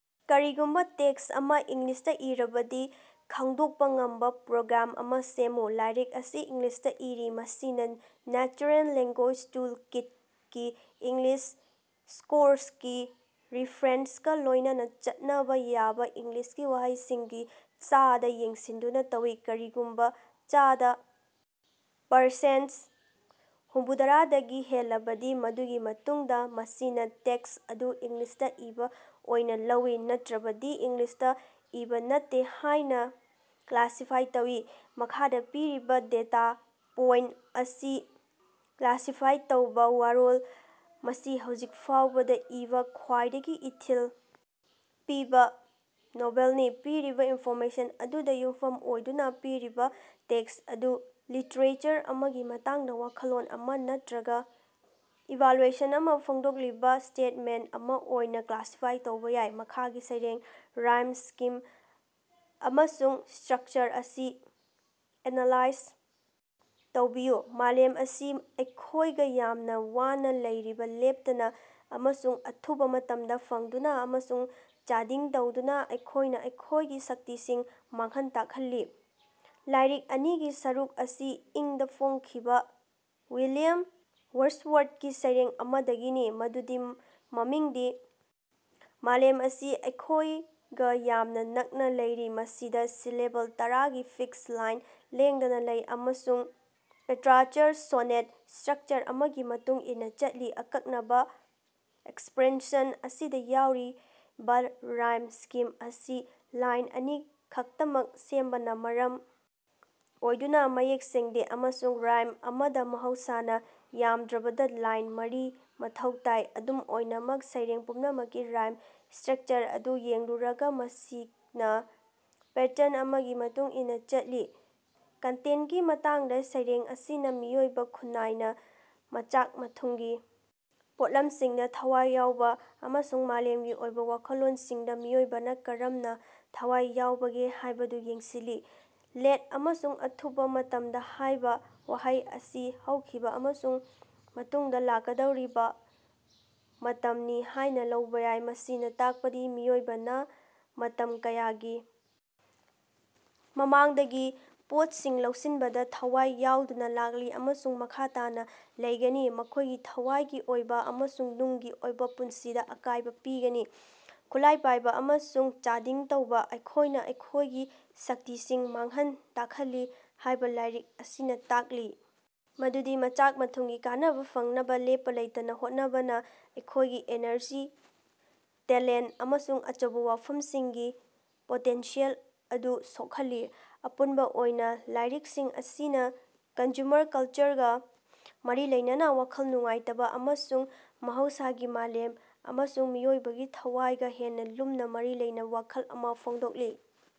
ꯀꯔꯤꯒꯨꯝꯕ ꯇꯦꯛ꯭ꯁꯠ ꯑꯃ ꯏꯪꯂꯤꯁꯇ ꯏꯔꯕꯗꯤ ꯈꯡꯗꯣꯛꯄ ꯉꯝꯕ ꯄ꯭ꯔꯣꯒ꯭ꯔꯥꯝ ꯑꯃ ꯁꯦꯝꯃꯨ꯫ ꯂꯥꯏꯔꯤꯛ ꯑꯁꯤ ꯏꯪꯂꯤꯁꯇ ꯏꯔꯤ꯫ ꯃꯁꯤꯅ ꯅꯦꯆꯔꯦꯜ ꯂꯦꯡꯒꯣꯏ꯭ꯁ ꯇꯨꯜ ꯀꯤꯠ ꯒꯤ ꯏꯪꯂꯤꯁ ꯀꯣꯔ꯭ꯁꯀꯤ ꯔꯤꯐ꯭ꯔꯦꯟꯁꯀꯥ ꯂꯣꯏꯅꯅ ꯆꯠꯅꯕ ꯌꯥꯕ ꯏꯪꯂꯤꯁꯀꯤ ꯋꯥꯍꯩꯁꯤꯡꯒꯤ ꯆꯥꯗ ꯌꯦꯡꯁꯤꯟꯗꯨꯅ ꯇꯧꯏ꯫ ꯀꯔꯤꯒꯨꯝꯕ ꯆꯥꯗ ꯄꯔꯁꯦꯟ ꯍꯨꯝꯐꯨꯗ꯭ꯔꯥꯗꯒꯤ ꯍꯦꯜꯂꯕꯗꯤ ꯃꯗꯨꯒꯤ ꯃꯇꯨꯡꯗ ꯃꯁꯤꯅ ꯇꯦꯛꯁ꯭ꯠ ꯑꯗꯨ ꯏꯪꯂꯤꯁꯇ‌ ꯏꯕꯥ ꯑꯣꯏꯅ ꯂꯧꯏ, ꯅꯠꯇꯔꯕꯗꯤ ꯏꯪꯂꯤꯁꯇ ꯏꯕꯥ ꯅꯠꯇꯦ ꯍꯥꯏꯅ ꯀ꯭ꯂꯥꯁꯤꯐꯥꯏ ꯇꯧꯏ꯫ ꯃꯈꯥꯗ ꯄꯤꯔꯤꯕ ꯗꯦꯇꯥ ꯄꯣꯏꯟꯇ ꯑꯁꯤ ꯀ꯭ꯂꯥꯁꯤꯐꯥꯏ ꯇꯧꯕ꯫ ꯋꯥꯔꯣꯜ ꯃꯁꯤ ꯍꯧꯖꯤꯛ ꯐꯥꯎꯕꯗ‌ ꯏꯕꯥ ꯈ꯭ꯋꯥꯏꯗꯒꯤ ꯏꯊꯤꯜ ꯄꯤꯕ ꯅꯣꯚꯦꯜꯅꯤ꯫ ꯄꯤꯔꯤꯕ ꯏꯟꯐꯣꯔꯃꯦꯁꯟ ꯑꯗꯨꯗ ꯌꯨꯝꯐꯝ ꯑꯣꯏꯗꯨꯅ ꯄꯤꯔꯤꯕ ꯇꯦꯛꯁ꯭ꯠ ꯑꯗꯨ ꯂꯤꯇꯔꯦꯆꯔ ꯑꯃꯒꯤ ꯃꯇꯥꯡꯗ ꯋꯥꯈꯜꯂꯣꯟ ꯑꯃ ꯅꯠꯇꯔꯒ ꯏꯚꯥꯂ꯭ꯌꯨꯑꯦꯁꯟ ꯑꯃ ꯐꯣꯡꯗꯣꯛꯂꯤꯕ ꯁ꯭ꯇꯦꯠꯃꯦꯟꯇ ꯑꯃ ꯑꯣꯏꯅ ꯀ꯭ꯂꯥꯁꯤꯐꯥꯏ ꯇꯧꯕ ꯌꯥꯏ꯫ ꯃꯈꯥꯒꯤ ꯁꯩꯔꯦꯡ, ꯔꯥꯏꯝ ꯁ꯭ꯀꯤꯝ ꯑꯃꯁꯨꯡ ꯁ꯭ꯇꯔꯛꯆꯔ ꯑꯁꯤ ꯑꯦꯅꯥꯂꯥꯏꯖ ꯇꯧꯕꯤꯌꯨ꯫ ꯃꯥꯂꯦꯝ ꯑꯁꯤ ꯑꯩꯈꯣꯏꯒ ꯌꯥꯝꯅ ꯋꯥꯅ ꯂꯩꯔꯤ ꯂꯦꯞꯇꯅ ꯑꯃꯁꯨꯡ ꯑꯊꯨꯕ ꯃꯇꯝꯗ ꯐꯪꯗꯨꯅ ꯑꯃꯁꯨꯡ ꯆꯥꯗꯤꯡ ꯇꯧꯗꯨꯅ ꯑꯩꯈꯣꯏꯅ ꯑꯩꯈꯣꯏꯒꯤ ꯁꯛꯇꯤꯁꯤꯡ ꯃꯥꯡꯍꯟ ꯇꯥꯛꯍꯜꯂꯤ꯫ ꯂꯥꯏꯔꯤꯛ ꯑꯅꯤꯒꯤ ꯁꯔꯨꯛ ꯑꯁꯤ ꯏꯪ ꯗꯥ ꯐꯣꯡꯈꯤꯕ ꯋꯤꯂꯤꯌꯝ ꯋꯥꯔꯗ꯭ꯁꯋꯔꯗꯀꯤ ꯁꯩꯔꯦꯡ ꯑꯃꯗꯒꯤꯅꯤ, ꯃꯗꯨꯒꯤ ꯃꯃꯤꯡꯗꯤ ꯃꯥꯂꯦꯝ ꯑꯁꯤ ꯑꯩꯈꯣꯏꯒ ꯌꯥꯝꯅ ꯅꯛꯅ ꯂꯩꯔꯤ꯫ ꯃꯁꯤꯗ ꯁꯤꯂꯦꯕꯜ ꯇꯔꯥꯒꯤ ꯐꯤꯛꯁ ꯂꯥꯏꯟ ꯂꯦꯡꯗꯅ ꯂꯩ ꯑꯃꯁꯨꯡ ꯄꯦꯇ꯭ꯔꯥꯔꯆꯟ ꯁꯣꯅꯦꯠ ꯁ꯭ꯇꯔꯛꯆꯔ ꯑꯃꯒꯤ ꯃꯇꯨꯡ ꯏꯟꯅ ꯆꯠꯂꯤ꯫ ꯑꯀꯛꯅꯕ ꯑꯦꯛꯁꯔꯞꯁꯟ ꯑꯁꯤꯗ ꯌꯥꯎꯔꯤꯕ ꯔꯥꯏꯝ ꯁ꯭ꯀꯤꯝ ꯑꯁꯤ ꯂꯥꯏꯟ ꯑꯅꯤ ꯈꯛꯇꯃꯛ ꯁꯦꯝꯕꯅ ꯃꯔꯝ ꯑꯣꯏꯗꯨꯅ ꯃꯌꯦꯛ ꯁꯦꯡꯗꯦ, ꯑꯃꯁꯨꯡ ꯔꯥꯏꯝ ꯑꯃꯗ ꯃꯍꯧꯁꯥꯅ ꯌꯥꯝꯗ꯭ꯔꯕꯗ‌ ꯂꯥꯏꯟ ꯃꯔꯤ ꯃꯊꯧ ꯇꯥꯏ꯫ ꯑꯗꯨꯝ ꯑꯣꯏꯅꯃꯛ, ꯁꯩꯔꯦꯡ ꯄꯨꯝꯅꯃꯛꯀꯤ ꯔꯥꯏꯝ ꯁ꯭ꯠꯔꯀꯆꯔ ꯑꯗꯨ ꯌꯦꯡꯂꯨꯔꯒꯗꯤ ꯃꯁꯤꯅ ꯄꯦꯇ꯭ꯔꯟ ꯑꯃꯒꯤ ꯃꯇꯨꯡ ꯏꯟꯅ ꯆꯠꯂꯤ꯫ ꯀꯟꯇꯦꯟꯇꯀꯤ ꯃꯇꯥꯡꯗ ꯁꯩꯔꯦꯡ ꯑꯁꯤꯅ ꯃꯤꯑꯣꯏꯕ ꯈꯨꯟꯅꯥꯏꯅ ꯃꯆꯥꯛ-ꯃꯊꯨꯝꯒꯤ ꯄꯣꯠꯂꯝꯁꯤꯡꯗ ꯊꯋꯥꯏ ꯌꯥꯎꯕ ꯑꯃꯁꯨꯡ ꯃꯥꯂꯦꯝꯒꯤ ꯑꯣꯏꯕ ꯋꯥꯈꯜꯂꯣꯟꯁꯤꯡꯗ ꯃꯤꯑꯣꯏꯕꯅ ꯀꯔꯝꯅ ꯊꯋꯥꯏ ꯌꯥꯎꯕꯒꯦ ꯍꯥꯌꯕꯗꯨ ꯌꯦꯡꯁꯤꯜꯂꯤ꯫ ꯂꯦꯠ ꯑꯃꯁꯨꯡ ꯑꯊꯨꯕꯥ ꯃꯇꯝꯗ ꯍꯥꯏꯕ ꯋꯥꯍꯩ ꯑꯁꯤ ꯍꯧꯈꯤꯕ ꯑꯃꯁꯨꯡ ꯇꯨꯡꯗ ꯂꯥꯛꯀꯗꯧꯔꯤꯕ ꯃꯇꯝꯅꯤ ꯍꯥꯏꯅ ꯂꯧꯕ ꯌꯥꯏ, ꯃꯁꯤꯅ ꯇꯥꯛꯄꯗꯤ ꯃꯤꯑꯣꯏꯕꯅ ꯃꯇꯝ ꯀꯌꯥꯒꯤ ꯃꯃꯥꯡꯗꯒꯤ ꯄꯣꯠꯁꯤꯡ ꯂꯧꯁꯤꯟꯕꯗ ꯊꯋꯥꯏ ꯌꯥꯎꯗꯨꯅ ꯂꯥꯛꯂꯤ ꯑꯃꯁꯨꯡ ꯃꯈꯥ ꯇꯥꯅ ꯂꯩꯒꯅꯤ, ꯃꯈꯣꯏꯒꯤ ꯊꯋꯥꯏꯒꯤ ꯑꯣꯏꯕ ꯑꯃꯁꯨꯡ ꯅꯨꯡꯒꯤ ꯑꯣꯏꯕ ꯄꯨꯟꯁꯤꯗ ꯑꯀꯥꯏꯕ ꯄꯤꯒꯅꯤ꯫ ꯈꯨꯠꯂꯥꯏ ꯄꯥꯏꯕ ꯑꯃꯁꯨꯡ ꯆꯥꯗꯤꯡ ꯇꯧꯕ ,ꯑꯩꯈꯣꯏꯅ ꯑꯩꯈꯣꯏꯒꯤ ꯁꯛꯇꯤꯁꯤꯡ ꯃꯥꯡꯍꯟ ꯇꯥꯛꯍꯜꯂꯤ ꯍꯥꯏꯕ ꯂꯥꯏꯔꯤꯛ ꯑꯁꯤꯅ ꯇꯥꯛꯂꯤ ꯃꯗꯨꯗꯤ ꯃꯆꯥꯛ-ꯃꯊꯨꯝꯒꯤ ꯀꯥꯟꯅꯕ ꯐꯪꯅꯕ ꯂꯦꯞꯄ ꯂꯩꯇꯅ ꯍꯣꯠꯅꯕꯅ ꯑꯩꯈꯣꯏꯒꯤ ꯏꯅꯔꯖꯤ, ꯇꯦꯂꯦꯟꯇ ꯑꯃꯁꯨꯡ ꯑꯆꯧꯕ ꯋꯥꯐꯝꯁꯤꯡꯒꯤ ꯄꯣꯇꯦꯟꯁꯤꯌꯦꯜ ꯑꯗꯨ ꯁꯣꯛꯍꯜꯂꯤ꯫ ꯑꯄꯨꯟꯕ ꯑꯣꯏꯅ ꯂꯥꯏꯔꯤꯛꯁꯤꯡ ꯑꯁꯤꯅ ꯀꯟꯖꯨꯃꯔ ꯀꯜꯆꯔꯒ ꯃꯔꯤ ꯂꯩꯅꯅ ꯋꯥꯈꯜ ꯅꯨꯡꯉꯥꯏꯇꯕ ꯑꯃꯁꯨꯡ ꯃꯍꯧꯁꯥꯒꯤ ꯃꯥꯂꯦꯝ ꯑꯃꯁꯨꯡ ꯃꯤꯑꯣꯏꯕꯒꯤ ꯊꯋꯥꯏꯒ ꯍꯦꯟꯅ ꯂꯨꯝꯅ ꯃꯔꯤ ꯂꯩꯅꯕ ꯋꯥꯈꯜ ꯑꯃ ꯐꯣꯡꯗꯣꯛꯂꯤ꯫